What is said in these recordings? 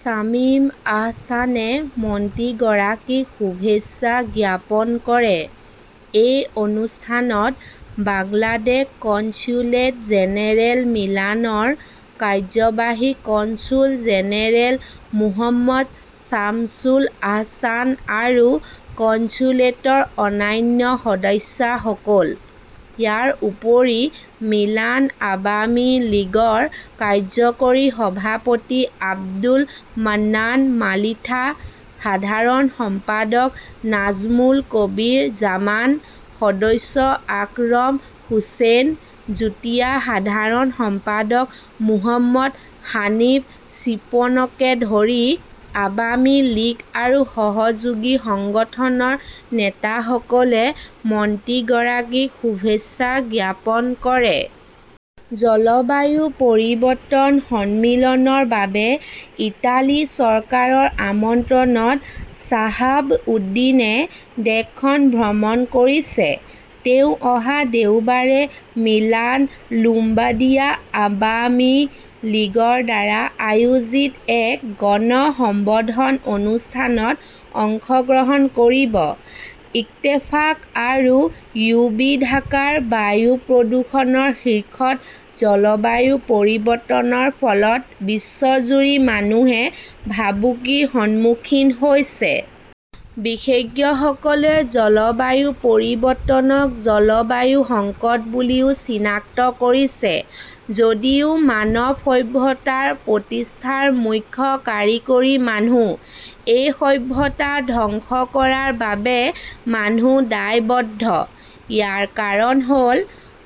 শ্বামিম আহছানে মন্ত্ৰীগৰাকীক শুভেচ্ছা জ্ঞাপন কৰে। এই অনুষ্ঠানত বাংলাদেশ কনস্যুলেট জেনেৰেল মিলানৰ কাৰ্যবাহী কনছুল জেনেৰেল মোহাম্মদ চামছুল আহছান আৰু কনস্যুলেটৰ অন্যান্য সদস্যসকল। ইয়াৰ উপৰিও মিলান আৱামী লীগৰ কাৰ্যকৰী সভাপতি আব্দুল মান্নান মালিথা, সাধাৰণ সম্পাদক নাজ্মুল কবীৰ জামান, সদস্য আকৰম হোসেন, যুটীয়া সাধাৰণ সম্পাদক মোহাম্মদ হানিফ শ্বিপনকে ধৰি আৱামী লীগ আৰু সহযোগী সংগঠনৰ নেতাসকলে মন্ত্ৰীগৰাকীক শুভেচ্ছা জ্ঞাপন কৰে। জলবায়ু পৰিৱৰ্তন সন্মিলনৰ বাবে ইটালী চৰকাৰৰ আমন্ত্ৰণত শ্বাহাব উদ্দিনে দেশখন ভ্ৰমণ কৰিছে। তেওঁ অহা দেওবাৰে মিলান লোম্বাৰ্ডিয়া আৱামী লীগৰ দ্বাৰা আয়োজিত এক গণ সম্বৰ্ধন অনুষ্ঠানত অংশগ্ৰহণ কৰিব। ইত্তেফাক আৰু ইউবি ঢাকাৰ বায়ু প্ৰদূষণৰ শীৰ্ষত জলবায়ু পৰিৱৰ্তনৰ ফলত বিশ্বজুৰি মানুহে ভাবুকিৰ সন্মুখীন হৈছে। বিশেষজ্ঞসকলে জলবায়ু পৰিৱৰ্তনক জলবায়ু সংকট বুলিও চিনাক্ত কৰিছে। যদিও মানৱ সভ্যতাৰ প্ৰতিষ্ঠাৰ মুখ্য কাৰিকৰী মানুহ, এই সভ্যতা ধ্বংস কৰাৰ বাবে মানুহ দায়বদ্ধ। ইয়াৰ কাৰণ হ'ল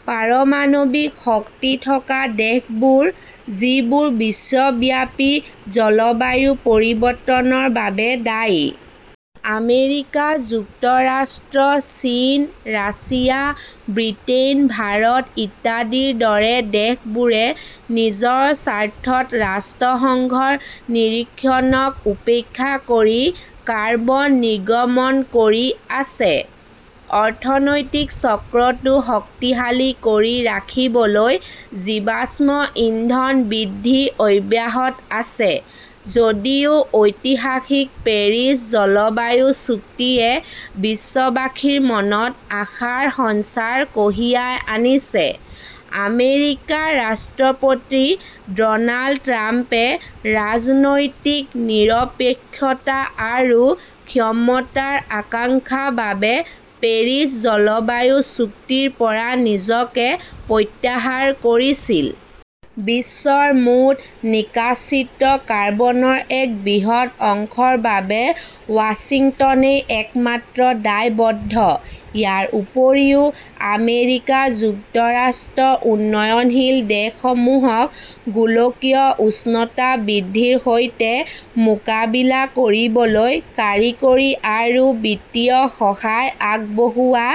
পাৰমাণৱিক শক্তি থকা দেশবোৰ, যিবোৰ বিশ্বব্যাপী জলবায়ু পৰিৱৰ্তনৰ বাবে দায়ী। আমেৰিকা যুক্তৰাষ্ট্ৰ, চীন, ৰাছিয়া, ব্ৰিটেইন, ভাৰত ইত্যাদিৰ দৰে দেশবোৰে নিজৰ স্বাৰ্থত ৰাষ্ট্ৰসংঘৰ নিৰীক্ষণক উপেক্ষা কৰি কাৰ্বন নিৰ্গমন কৰি আছে। অৰ্থনৈতিক চক্ৰটো শক্তিশালী কৰি ৰাখিবলৈ জীৱাশ্ম ইন্ধন বৃদ্ধি অব্যাহত আছে। যদিও ঐতিহাসিক পেৰিছ জলবায়ু চুক্তিয়ে বিশ্ববাসীৰ মনত আশাৰ সঞ্চাৰ কঢ়িয়াই আনিছে, আমেৰিকাৰ ৰাষ্ট্ৰপতি ড'নাল্ড ট্ৰাম্পে ৰাজনৈতিক নিৰপেক্ষতা আৰু ক্ষমতাৰ আকাংক্ষা বাবে পেৰিছ জলবায়ু চুক্তিৰ পৰা নিজকে প্ৰত্যাহাৰ কৰিছিল। বিশ্বৰ মুঠ নিষ্কাশিত কাৰ্বনৰ এক বৃহৎ অংশৰ বাবে ৱাশ্বিংটনেই একমাত্ৰ দায়বদ্ধ। ইয়াৰ উপৰিও আমেৰিকা যুক্তৰাষ্ট্ৰ উন্নয়নশীল দেশসমূহক গোলকীয় উষ্ণতা বৃদ্ধিৰ সৈতে মোকাবিলা কৰিবলৈ কাৰিকৰী আৰু বিত্তীয় সহায় আগবঢ়োৱা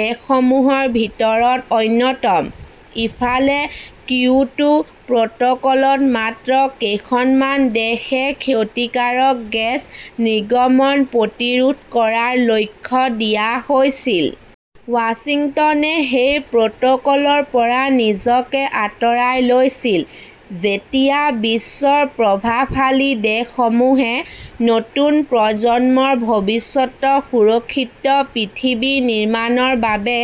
দেশসমূহৰ ভিতৰত অন্যতম। ইফালে, কিয়োটো প্ৰট'কলত মাত্ৰ কেইখনমান দেশকহে ক্ষতিকাৰক গেছ নিৰ্গমন প্ৰতিৰোধ কৰাৰ লক্ষ্য দিয়া হৈছিল। ৱাশ্বিংটনে সেই প্ৰট'কলৰ পৰা নিজকে আঁতৰাই লৈছিল। যেতিয়া বিশ্বৰ প্ৰভাৱশালী দেশসমূহে নতুন প্ৰজন্মৰ ভৱিষ্যত সুৰক্ষিত পৃথিৱী নিৰ্মাণৰ বাবে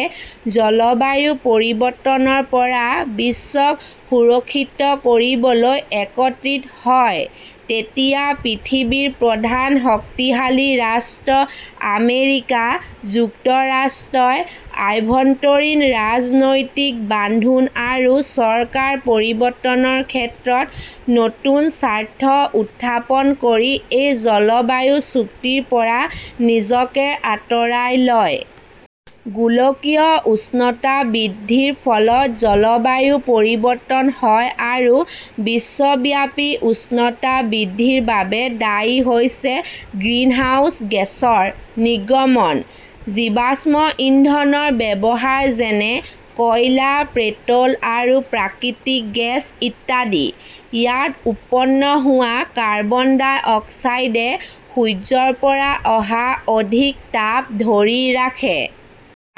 জলবায়ু পৰিৱৰ্তনৰ পৰা বিশ্বক সুৰক্ষিত কৰিবলৈ একত্ৰিত হয়, তেতিয়া পৃথিৱীৰ প্ৰধান শক্তিশালী ৰাষ্ট্ৰ আমেৰিকা যুক্তৰাষ্ট্ৰই আভ্যন্তৰীণ ৰাজনৈতিক বান্ধোন আৰু চৰকাৰ পৰিৱৰ্তনৰ ক্ষেত্ৰত নতুন স্বাৰ্থ উত্থাপন কৰি এই জলবায়ু চুক্তিৰ পৰা নিজকে আঁতৰাই লয়। গোলকীয় উষ্ণতা বৃদ্ধিৰ ফলত জলবায়ু পৰিৱৰ্তন হয় আৰু বিশ্বব্যাপী উষ্ণতা বৃদ্ধিৰ বাবে দায়ী হৈছে গ্ৰিনহাউছ গেছৰ নিৰ্গমন। জীৱাশ্ম ইন্ধনৰ ব্যৱহাৰ যেনে, কয়লা পেট্ৰ'ল আৰু প্ৰাকৃতিক গেছ ইত্যাদি। ইয়াত উৎপন্ন হোৱা কাৰ্বন ডাই-অক্সাইডে সূৰ্যৰ পৰা অহা অধিক তাপ ধৰি ৰাখে।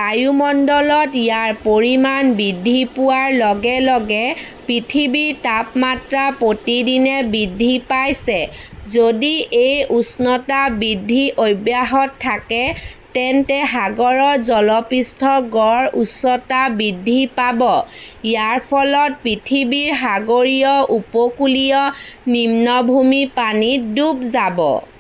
বায়ুমণ্ডলত ইয়াৰ পৰিমাণ বৃদ্ধি পোৱাৰ লগে লগে পৃথিৱীৰ তাপমাত্ৰা প্ৰতিদিনে বৃদ্ধি পাইছে। যদি এই উষ্ণতা বৃদ্ধি অব্যাহত থাকে, তেন্তে সাগৰৰ জলপৃষ্ঠৰ গড় উচ্চতা বৃদ্ধি পাব। ইয়াৰ ফলত পৃথিৱীৰ সাগৰীয় উপকূলীয় নিম্নভূমি পানীত ডুব যাব।